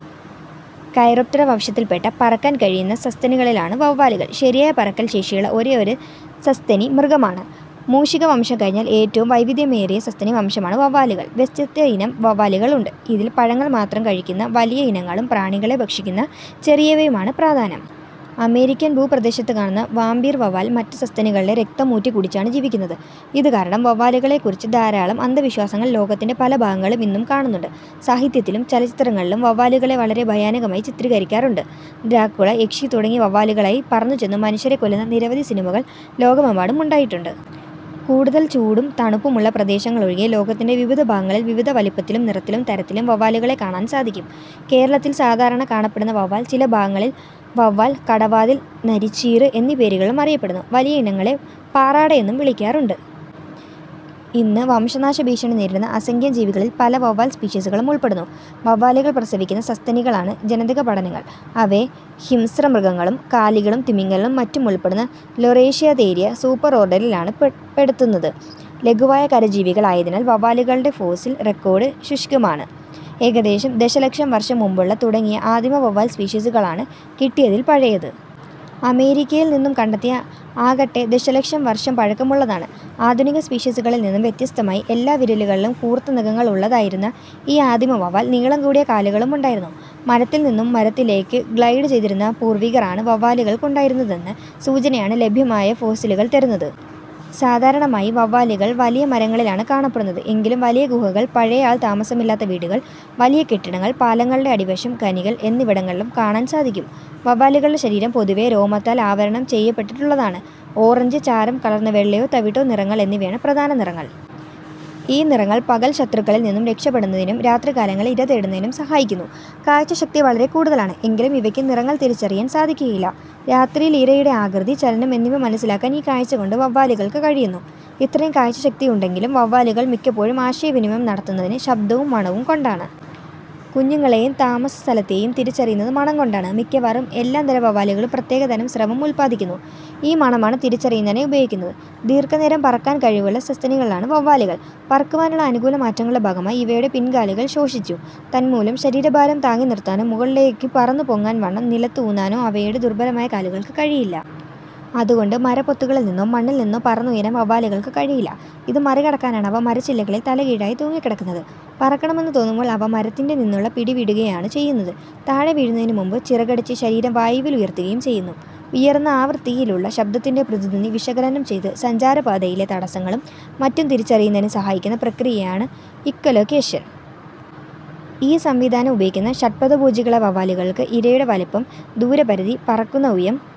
Chiroptera വംശത്തിൽപ്പെട്ട പറക്കാൻ കഴിയുന്ന സസ്തനികളാണ് വവ്വാലുകൾ. ശരിയായ പറക്കൽ ശേഷിയുള്ള ഒരേയൊരു സസ്തനി മൃഗമാണ്. മൂഷികവംശം കഴിഞ്ഞാൽ ഏറ്റവും വൈവിധ്യമേറിയ സസ്തനി വംശമാണ് വവ്വാലുകൾ. വ്യത്യസ്ത ഇനം വവ്വാലുകൾ ഉണ്ട്. ഇതിൽ പഴങ്ങൾ മാത്രം കഴിയ്ക്കുന്ന വലിയ ഇനങ്ങളും പ്രാണികളെ ഭക്ഷിക്കുന്ന ചെറിയവയും ആണ് പ്രധാനം. അമേരിക്കൻ ഭുപ്രദേശത്ത് കാന്നുന്ന വാമ്പീർ വവ്വാൽ മറ്റു സസ്തനികളുടെ രക്തം ഊറ്റി കുടിച്ചാണു ജീവിക്കുന്നത്. ഇത് കാരണം, വവ്വാലുകളെക്കുറിച്ച് ധാരാളം അന്ധവിശ്വാസങ്ങൾ ലോകത്തിന്റെ പല ഭാഗങ്ങളിലും ഇന്നും കാണുന്നുണ്ട്. സാഹിത്യത്തിലും ചലച്ചിത്രങ്ങളിലും വവ്വാലുകളെ വളരെ ഭയാനകമായി ചിത്രീകരിക്കാറുണ്ട്. ദ്രാക്കുള, യക്ഷി തുടങ്ങിയവ വവ്വാലുകളായി പറന്നുചെന്ന് മനുഷ്യരെ കൊല്ലുന്ന നിരവധി സിനിമകൾ ലോകമെമ്പാടും ഉണ്ടായിട്ടുണ്ട്. കൂടുതൽ ചൂടും, തണുപ്പും ഉള്ള പ്രദേശങ്ങൾ ഒഴികെ ലോകത്തിന്റെ വിവിധ ഭാഗങ്ങളിൽ വിവിധ വലിപ്പത്തിലും നിറത്തിലും തരത്തിലും വവ്വാലുകളെ കാണാൻ സാധിക്കും. കേരളത്തിൽ സാധാരണ കാണപ്പെടുന്ന വവ്വാൽ ചില ഭാഗങ്ങളിൽ വാവൽ, കടവാതിൽ, നരിച്ചീറ് എന്നീ പേരുകളിലും അറിയപ്പെടുന്നു. വലിയ ഇനങ്ങളെ പാറാട എന്നും വിളിക്കാറുണ്ട്. ഇന്ന് വംശനാശഭീഷണി നേരിടുന്ന അസംഖ്യം ജീവികളിൽ പല വവ്വാൽ സ്പീഷീസുകളും ഉൾപ്പെടുന്നു. വവ്വാലുകൾ പ്രസവിക്കുന്ന സസ്തനികൾ ആണ്. ജനിതകപഠനങ്ങൾ അവയെ ഹിംസ്രമൃഗങ്ങളും കാലികളും തിമിംഗിലങ്ങളും മറ്റും ഉൾപ്പെടുന്ന ലോറേഷ്യാതേരിയ സൂപ്പർഓർഡറിൽ ആണ് പെടുത്തുന്നത്. ലഘുവായ കരജീവികൾ ആയതിനാൽ വവ്വാലുകളുടെ ഫോസിൽ റെക്കോഡ് ശുഷ്കമാണ്. ഏകദേശം ദശലക്ഷം വർഷം മുൻപുള്ള, തുടങ്ങിയ ആദിമ വവ്വാൽ സ്പീഷീസുകൾ ആണ് കിട്ടിയതിൽ പഴയത്. അമേരിക്കയിൽ നിന്നും കണ്ടെത്തിയ ആകട്ടെ ദശലക്ഷം വർഷം പഴക്കം ഉള്ളതാണ്. ആധുനിക സ്പീഷീസുകളിൽ നിന്നും വ്യത്യസ്തമായി എല്ലാ വിരലുകളിലും കൂർത്ത നഖങ്ങൾ ഉള്ളത് ആയിരുന്നു ഈ ആദിമ വവ്വാൽ. നീളം കൂടിയ കാലുകളും ഉണ്ടായിരുന്നു. മരത്തിൽ നിന്നും മരത്തിലേക്ക് ഗ്ലൈഡ് ചെയ്തിരുന്ന പൂർവികർ ആണ് വവ്വാലുകൾക്ക് ഉണ്ടായിരുന്നത് എന്ന സൂചനയാണ് ലഭ്യമായ ഫോസിലുകൾ തരുന്നത്. സാധാരണയായി വവ്വാലുകൾ വലിയ മരങ്ങളിൽ ആണ് കാണപ്പെടുന്നത്. എങ്കിലും വലിയ ഗുഹകൾ, പഴയ ആൾ താമസമില്ലാത്ത വീടുകൾ, വലിയ കെട്ടിടങ്ങൾ, പാലങ്ങളുടെ അടിവശം, ഖനികൾ എന്നിവിടങ്ങളിലും കാണാൻ സാധിക്കും. വവ്വാലുകളുടെ ശരീരം പൊതുവേ രോമത്താൽ ആവരണം ചെയ്യപ്പെട്ടിട്ടുള്ളതാണ്. ഓറഞ്ച്, ചാരം കലർന്ന വെള്ളയോ തവിട്ടോ നിറങ്ങൾ എന്നിവയാണ് പ്രധാന നിറങ്ങൾ. ഈ നിറങ്ങൾ പകൽ ശത്രുക്കളിൽ നിന്നും രക്ഷപ്പെടുന്നതിനും രാത്രികാലങ്ങളിൽ ഇര തേടുന്നതിനും സഹായിക്കുന്നു. കാഴ്ചശക്തി വളരെ കൂടുതലാണ്. എങ്കിലും ഇവയ്ക്ക് നിറങ്ങൾ തിരിച്ചറിയാൻ സാധിക്കുകയില്ല. രാത്രിയിൽ ഇരയുടെ ആകൃതി, ചലനം എന്നിവ മനസ്സിലാക്കാൻ ഈ കാഴ്ചകൊണ്ട് വവ്വാലുകൾക്ക് കഴിയുന്നു. ഇത്രയും കാഴ്ചശക്തിയുണ്ടെങ്കിലും വവ്വാലുകൾ മിക്കപ്പോഴും ആശയവിനിമയം നടത്തുന്നത് ശബ്ദവും മണവും കൊണ്ടാണ്. കുഞ്ഞുങ്ങളെയും താമസസ്ഥലത്തെയും തിരിച്ചറിയുന്നത് മണം കൊണ്ടാണ്. മിക്കവാറും എല്ലാ തരം വവ്വാലുകളും പ്രത്യേക തരം സ്രവം ഉത്പാദിപ്പിക്കുന്നു. ഈ മണമാണ് തിരിച്ചറിയുന്നതിനായി ഉപയോഗിക്കുന്നത്. ദീർഘനേരം പറക്കാൻ കഴിവുള്ള സസ്തനികളാണ് വവ്വാലുകൾ. പറക്കുവാനുള്ള അനുകൂല മാറ്റങ്ങളുടെ ഭാഗമായി ഇവയുടെ പിൻകാലുകൾ ശോഷിച്ചു. തന്മൂലം ശരീരഭാരം താങ്ങിനിർത്താനോ മുകളിലേക്ക് പറന്നുപൊങ്ങാൻ വണ്ണം നിലത്ത് ഊന്നാനോ അവയുടെ ദുർബലമായ കാലുകൾക്ക് കഴിയില്ല. അതുകൊണ്ട് മരപ്പൊത്തുകളിൽനിന്നോ മണ്ണിൽ നിന്നോ പറന്നുയരാൻ വവ്വാലുകൾക്ക് കഴിയില്ല. ഇത് മറികടക്കാനാണ് അവ മരച്ചില്ലകളിൽ തലകീഴായി തൂങ്ങിക്കിടക്കുന്നത്. പറക്കണമെന്ന് തോന്നുമ്പോൾ അവ മരത്തിൽ നിന്നുള്ള പിടിവിടുകയാണ് ചെയ്യുന്നത്. താഴെ വീഴുന്നതിനുമുമ്പ് ചിറകടിച്ച് ശരീരം വായുവിൽ ഉയർത്തുകയും ചെയ്യുന്നു. ഉയർന്ന ആവൃത്തിയിലുള്ള ശബ്ദത്തിന്റെ പ്രതിധ്വനി വിശകലനം ചെയ്ത് സഞ്ചാരപാതയിലെ തടസ്സങ്ങളും മറ്റും തിരിച്ചറിയുന്നതിനു സഹായിക്കുന്ന പ്രക്രിയയാണ് ഇക്കോലൊക്കേഷൻ. ഈ സംവിധാനം ഉപയോഗിക്കുന്ന ഷഡ്പദഭോജികളായ വാവലുകൾക്ക് ഇരയുടെ വലിപ്പം, ദൂരപരിധി, പറക്കുന്ന ഉയം,